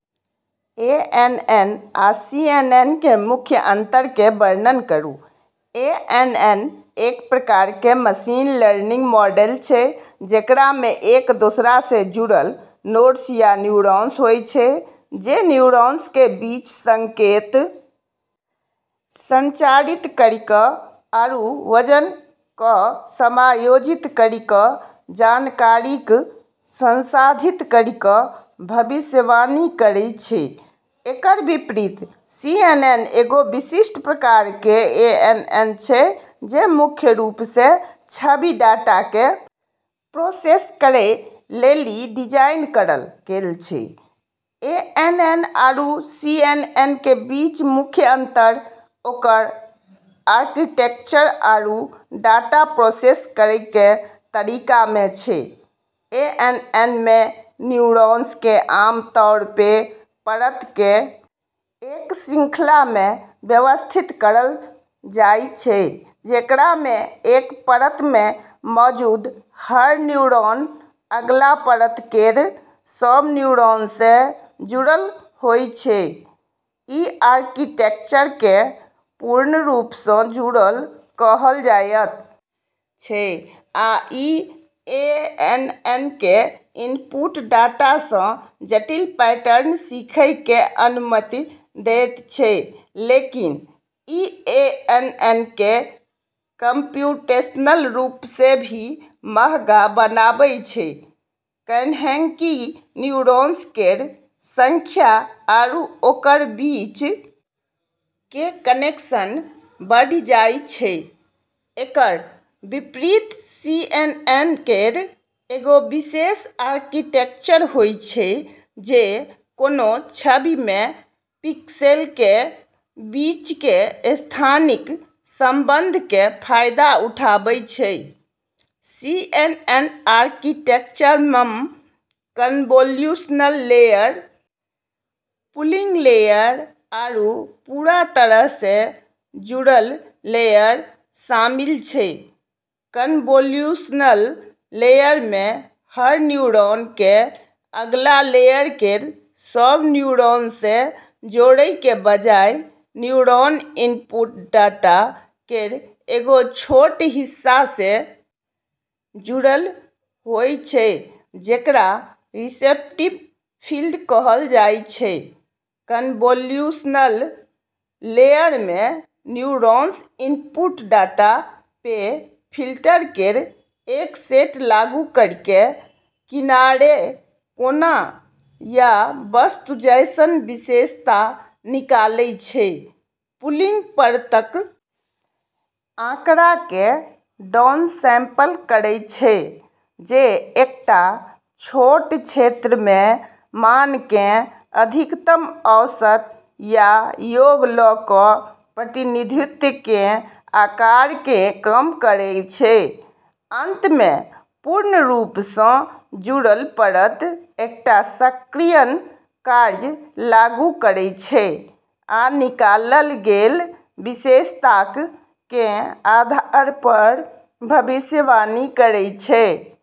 ANN आ CNN के मुख्य अंतर के वर्णन करू एएनएन एक प्रकार के मशीन लर्निंग मॉडल छै जेकरा मे एक दोसरा से जुड़लऽ नोड्स या न्यूरॉन्स होय छै जे न्यूरॉन्स के बीच संकेत संचारित करी क आरू वजन क समायोजित करी क जानकारी क संसाधित करी क भविष्यवाणी करै छै, एकरऽ विपरीत, सीएनएन एगो विशिष्ट प्रकार के एएनएन छै जे मुख्य रूप से छवि डाटा के प्रोसेस करै लेली डिजाइन करलऽ गेलऽ छै, एएनएन आरू सीएनएन के बीच मुख्य अंतर ओकरऽ आर्किटेक्चर आरू डाटा प्रोसेस करै के तरीका मे छै, एएनएन मे न्यूरॉन्स के आम तौर पे परतऽ के एक श्रृंखला मे व्यवस्थित करलऽ जाय छै जेकरा मे एक परत मे मौजूद हर न्यूरॉन अगला परत केरऽ सब न्यूरॉन से जुड़लऽ होय छै, इ आर्किटेक्चर कें पूर्ण रूप सं जुड़ल कहल जायत छै आ इ एएनएन कें इनपुट डाटा सं जटिल पैटर्न सीखय कें अनुमति देयत छै, लेकिन ई एएनएन के कम्प्यूटेशनल रूप से भी महंगा बनाबै छै, कैन्हेंकि न्यूरॉन्स केरऽ संख्या आरू ओकरऽ बीच के कनेक्शन बढ़ी जाय छै, एकरऽ विपरीत, सीएनएन केरऽ एगो विशेष आर्किटेक्चर होय छै जे कोनो छवि मे पिक्सेल के बीच के स्थानिक संबंध के फायदा उठाबै छै, सीएनएन आर्किटेक्चर म॑ कन्वोल्यूशनल लेयर, पूलिंग लेयर, आरू पूरा तरह से जुड़लऽ लेयर शामिल छै, कन्वोल्यूशनल लेयरऽ मे हर न्यूरॉन के अगला लेयर केरऽ सब न्यूरॉन से जोड़ै के बजाय न्यूरॉन इनपुट डाटा केरऽ एगो छोटऽ हिस्सा से जुड़लऽ होय छै जेकरा रिसेप्टिव फील्ड कहलऽ जाय छै, कन्वोल्यूशनल लेयर मे न्यूरॉन्स इनपुट डाटा पे फिल्टर केरऽ एक सेट लागू करी के किनारे, कोना या वस्तु जैसनऽ विशेषता निकालै छै, पूलिंग परतक आँकड़ा कें डाउनसैंपल करय छै जे एकटा छोट क्षेत्र मे मान कें अधिकतम औसत या योग ल क प्रतिनिधित्व कें आकार कें कम करय छै, अंत मे पूर्ण रूप सं जुड़ल परत एकटा सक्रियण कार्य लागू करय छै आ निकालल गेल विशेषताक कें आधार पर भविष्यवाणी करय छै।